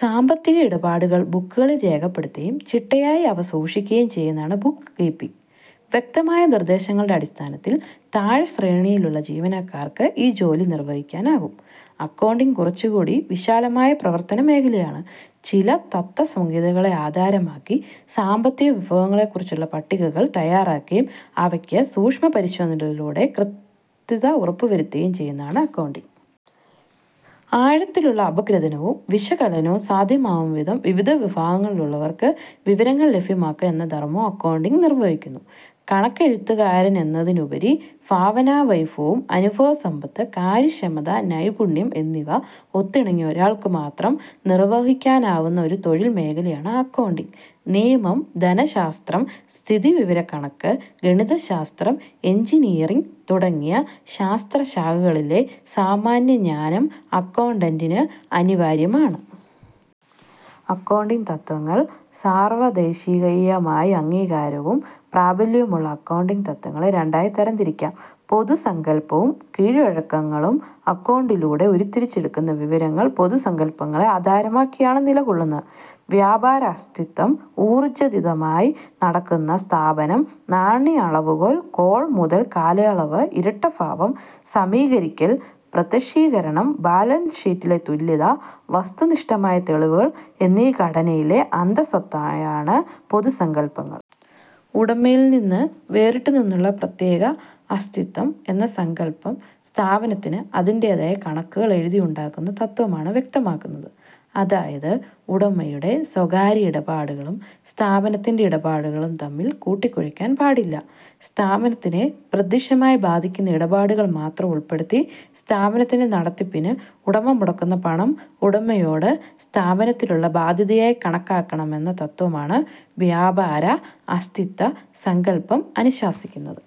സാമ്പത്തിക ഇടപാടുകൾ ബുക്കുകളിൽ രേഖപ്പെടുത്തുകയും ചിട്ടയായി അവ സൂക്ഷിക്കുകയും ചെയ്യുന്നതാണ് ബുക്ക് കീപ്പിങ്. വ്യക്തമായ നിർദ്ദേശങ്ങളുടെ അടിസ്ഥാനത്തിൽ താഴെ ശ്രേണിയിലുള്ള ജീവനക്കാർക്ക് ഈ ജോലി നിർവഹിക്കാനാകും. അക്കൗണ്ടിംഗ് കുറച്ചുകൂടി വിശാലമായ പ്രവർത്തനമേഖലയാണ്. ചില തത്ത്വസംഹിതകളെ ആധാരമാക്കി, സാമ്പത്തിക വിഭവങ്ങളെക്കുറിച്ചുള്ള പട്ടികകൾ തയ്യാറാക്കുകയും അവയ്ക്ക് സൂക്ഷ്മപരിശോധനയിലൂടെ കൃത്യത ഉറപ്പുവരുത്തുകയും ചെയ്യുന്നതാണ് അക്കൗണ്ടിംഗ്. ആഴത്തിലുള്ള അപഗ്രഥനവും വിശകലനവും സാധ്യമാകുംവിധം വിവിധ വിഫാഗങ്ങളിലുള്ളവർക്ക് വിവരങ്ങൾ ലഫ്യമാക്കുക എന്ന ധർമവും അക്കൗണ്ടിംഗ് നിർവഹിക്കുന്നു. കണക്കെഴുത്തുകാരനെന്നതിനുപരി ഫാവനാവൈഫവം, അനുഭവസമ്പത്ത്, കാര്യക്ഷമത, നൈപുണ്യം എന്നിവ ഒത്തിണങ്ങിയ ഒരാൾക്കുമാത്രം നിർവഹിക്കാനാകുന്ന ഒരു തൊഴിൽമേഖലയാണ് അക്കൗണ്ടിംഗ്. നിയമം, ധനശാസ്ത്രം, സ്ഥിതിവിവരക്കണക്ക്, ഗണിതശാസ്ത്രം, എഞ്ചിനീയറിങ് തുടങ്ങിയ ശാസ്ത്രശാഖകളിലെ സാമാന്യജ്ഞാനം അക്കൗണ്ടന്റിന് അനിവാര്യമാണ്. അക്കൗണ്ടിംഗ് തത്ത്വങ്ങൾ സാർവദേശീയമായി അംഗീകാരവും പ്രാബല്യവുമുള്ള അക്കൗണ്ടിംഗ് തത്ത്വങ്ങളെ രണ്ടായി തരംതിരിക്കാം. പൊതുസങ്കല്പവും കീഴ്വഴക്കങ്ങളും. അക്കൗണ്ടിംഗിലൂടെ ഉരുത്തിരിച്ചെടുക്കുന്ന വിവരങ്ങൾ ഈ പൊതുസങ്കല്പങ്ങളെ ആധാരമാക്കിയാണ് നിലകൊള്ളുന്നത്. വ്യാപാര അസ്തിത്വം, ഊർജ്ജിതമായി നടക്കുന്ന സ്ഥാപനം, നാണ്യ അളവുകോൽ, കോൾ മുതൽ, കാലയളവ്, ഇരട്ടഫാവം, സമീകരിക്കൽ, പ്രത്യക്ഷീകരണം, ബാലൻസ് ഷീറ്റിലെ തുല്യത, വസ്തുനിഷ്ഠമായ തെളിവുകൾ എന്നീ ഘടകങ്ങളിലെ അന്തഃസത്തയാണ് പൊതുസങ്കല്പങ്ങൾ. ഉടമയിൽനിന്ന് വേറിട്ട് നിന്നുള്ള പ്രത്യേക അസ്തിത്വം എന്ന സങ്കല്പം, സ്ഥാപനത്തിന് അതിൻ്റെതായ കണക്കുകൾ എഴുതി ഉണ്ടാക്കുന്ന തത്ത്വമാണ് വ്യക്തമാക്കുന്നത്. അതായത്, ഉടമയുടെ സ്വകാര്യ ഇടപാടുകളും സ്ഥാപനത്തിൻ്റെ ഇടപാടുകളും തമ്മിൽ കൂട്ടിക്കുഴയ്ക്കാൻ പാടില്ല. സ്ഥാപനത്തിനെ പ്രത്യക്ഷമായി ബാധിക്കുന്ന ഇടപാടുകൾ മാത്രം ഉൾപ്പെടുത്തി, സ്ഥാപനത്തിൻ്റെ നടത്തിപ്പിന് ഉടമ മുടക്കുന്ന പണം ഉടമയോട് സ്ഥാപനത്തിനുള്ള ബാദ്ധ്യതയായി കണക്കാക്കണമെന്ന തത്ത്വമാണ് വ്യാപാര അസ്തിത്വ സങ്കല്പം അനുശാസിക്കുന്നത്.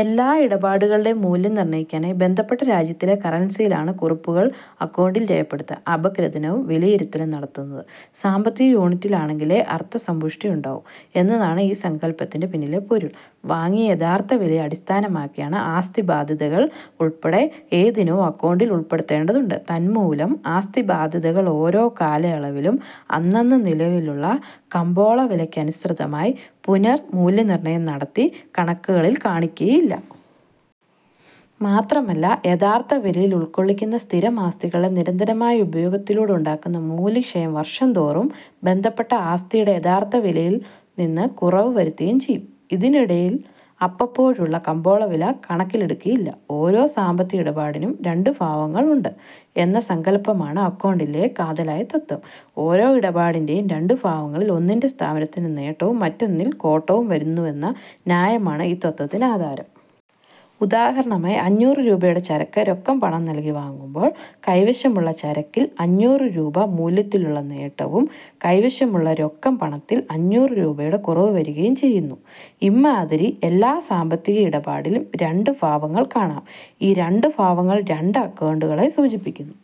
എല്ലാ ഇടപാടുകളുടേയും മൂല്യം നിർണയിക്കാനായി ബന്ധപ്പെട്ട രാജ്യത്തിലെ കറൻസിയിലാണ് കുറിപ്പുകൾ അക്കൗണ്ടിംഗിൽ രേഖപ്പെടുത്തുക. അപഗ്രഥനവും വിലയിരുത്തലും നടത്തുന്നത് സാമ്പത്തിക യൂണിറ്റിലാണെങ്കിലേ അർത്ഥസമ്പുഷ്ടി ഉണ്ടാകൂ എന്നതാണ് ഈ സങ്കല്പത്തിൻ്റെ പിന്നിലെ പൊരുൾ. വാങ്ങിയ യഥാർഥ വിലയെ അടിസ്ഥാനമാക്കിയാണ് ആസ്തിബാദ്ധ്യതകൾ ഉൾപ്പെടെ ഏതിനവും അക്കൗണ്ടിംഗിൽ ഉൾപ്പെടുത്തേണ്ടത്. തന്മൂലം, ആസ്തിബാദ്ധ്യതകൾ ഓരോ കാലയളവിലും അന്നന്ന് നിലവിലുള്ള കമ്പോളവിലയ്ക്കനുസൃതമായി പുനർമൂല്യനിർണയം നടത്തി കണക്കുകളിൽ കാണിക്കുകയില്ല. മാത്രമല്ല യഥാർഥവിലയിൽ ഉൾക്കൊള്ളിക്കുന്ന സ്ഥിരം ആസ്തികളുടെ നിരന്തരമായ ഉപയോഗത്തിലൂടെ ഉണ്ടാകുന്ന മൂല്യക്ഷയം വർഷംതോറും ബന്ധപ്പെട്ട ആസ്തിയുടെ യഥാർഥവിലയിൽ നിന്ന് കുറവ് വരുത്തുകയും ചെയ്യും. ഇതിനിടയിൽ അപ്പപ്പോഴുള്ള കമ്പോളവില കണക്കിലെടുക്കുകയില്ല. ഓരോ സാമ്പത്തിക ഇടപാടിനും രണ്ടുഫാവങ്ങൾ ഉണ്ട് എന്ന സങ്കല്പമാണ് അക്കൗണ്ടിംഗിലെ കാതലായ തത്ത്വം. ഓരോ ഇടപാടിൻ്റെയും രണ്ടുഫാവങ്ങളിൽ ഒന്നിൽ സ്ഥാപനത്തിന് നേട്ടവും മറ്റൊന്നിൽ കോട്ടവും വരുന്നുവെന്ന ന്യായമാണ് ഈ തത്ത്വത്തിന് ആധാരം. ഉദാഹരണമായി, അഞ്ഞൂറ് രൂപയുടെ ചരക്ക് രൊക്കം പണം നൽകി വാങ്ങുമ്പോൾ കൈവശമുള്ള ചരക്കിൽ അഞ്ഞൂറ് രൂപ മൂല്യത്തിലുള്ള നേട്ടവും കൈവശമുള്ള രൊക്കം പണത്തിൽ അഞ്ഞൂറ് രൂപയുടെ കുറവുവരികയും ചെയ്യുന്നു. ഇമ്മാതിരി എല്ലാ സാമ്പത്തിക ഇടപാടിലും രണ്ടു ഫാവങ്ങൾ കാണാം. ഈ രണ്ടു ഫാവങ്ങൾ രണ്ട് അക്കൗണ്ടുകളെ സൂചിപ്പിക്കുന്നു.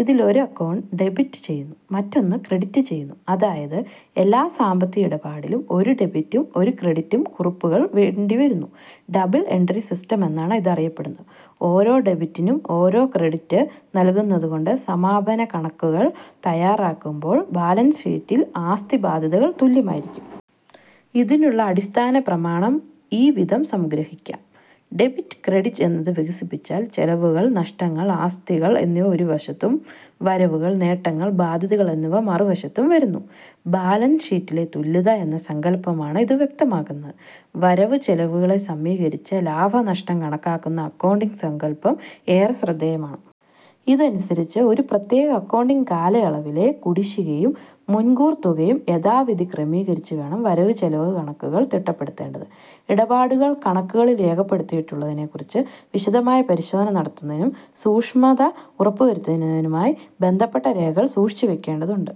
ഇതിൽ ഒരു അക്കൗണ്ട് ഡെബിറ്റ് ചെയ്യുന്നു; മറ്റൊന്ന് ക്രെഡിറ്റ് ചെയ്യുന്നു. അതായത് എല്ലാ സാമ്പത്തിക ഇടപാടിലും ഒരു ഡെബിറ്റും ഒരു ക്രെഡിറ്റും കുറിപ്പുകൾ വേണ്ടിവരുന്നു. Double entry സിസ്റ്റമെന്നാണ് ഇതറിയപ്പെടുന്നത്. ഓരോ ഡെബിറ്റിനും ഓരോ ക്രെഡിറ്റ് നൽകുന്നതുകൊണ്ട് സമാപനകണക്കുകൾ തയ്യാറാക്കുമ്പോൾ ബാലൻസ് ഷീറ്റിൽ ആസ്തിബാദ്ധ്യതകൾ തുല്യമായിരിക്കും. ഇതിനുള്ള അടിസ്ഥാനപ്രമാണം ഇവിധം സംഗ്രഹിക്കാം. ഡെബിറ്റ് ക്രെഡിറ്റ് എന്നത് വികസിപ്പിച്ചാൽ ചെലവുകൾ, നഷ്ടങ്ങൾ, ആസ്തികൾ എന്നിവ ഒരു വശത്തും, വരവുകൾ, നേട്ടങ്ങൾ, ബാദ്ധ്യതകൾ എന്നിവ മറുവശത്തും വരുന്നു. ബാലൻസ് ഷീറ്റിലെ തുല്യത എന്ന സങ്കല്പമാണ് ഇത് വ്യക്തമാക്കുന്നത്. വരവുചെലവുകളെ സമീകരിച്ച് ലാഭനഷ്ടം കണക്കാക്കുന്ന അക്കൗണ്ടിംഗ് സങ്കല്പം ഏറെ ശ്രദ്ധേയമാണ്. ഇതനുസരിച്ച് ഒരു പ്രത്യേക അക്കൗണ്ടിംഗ് കാലയളവിലെ കുടിശ്ശികയും മുൻകൂർതുകയും യഥാവിധി ക്രമീകരിച്ചു വേണം വരവ് ചെലവ് കണക്കുകൾ തിട്ടപ്പെടുത്തേണ്ടത്. ഇടപാടുകൾ കണക്കുകളിൽ രേഖപ്പെടുത്തിയിട്ടുള്ളതിനെക്കുറിച്ച് വിശദമായ പരിശോധന നടത്തുന്നതിനും സൂക്ഷ്മത ഉറപ്പുവരുത്തുന്നതിനുമായി ബന്ധപ്പെട്ട രേഖകൾ സൂക്ഷിച്ചു വയ്ക്കേണ്ടതുണ്ട്.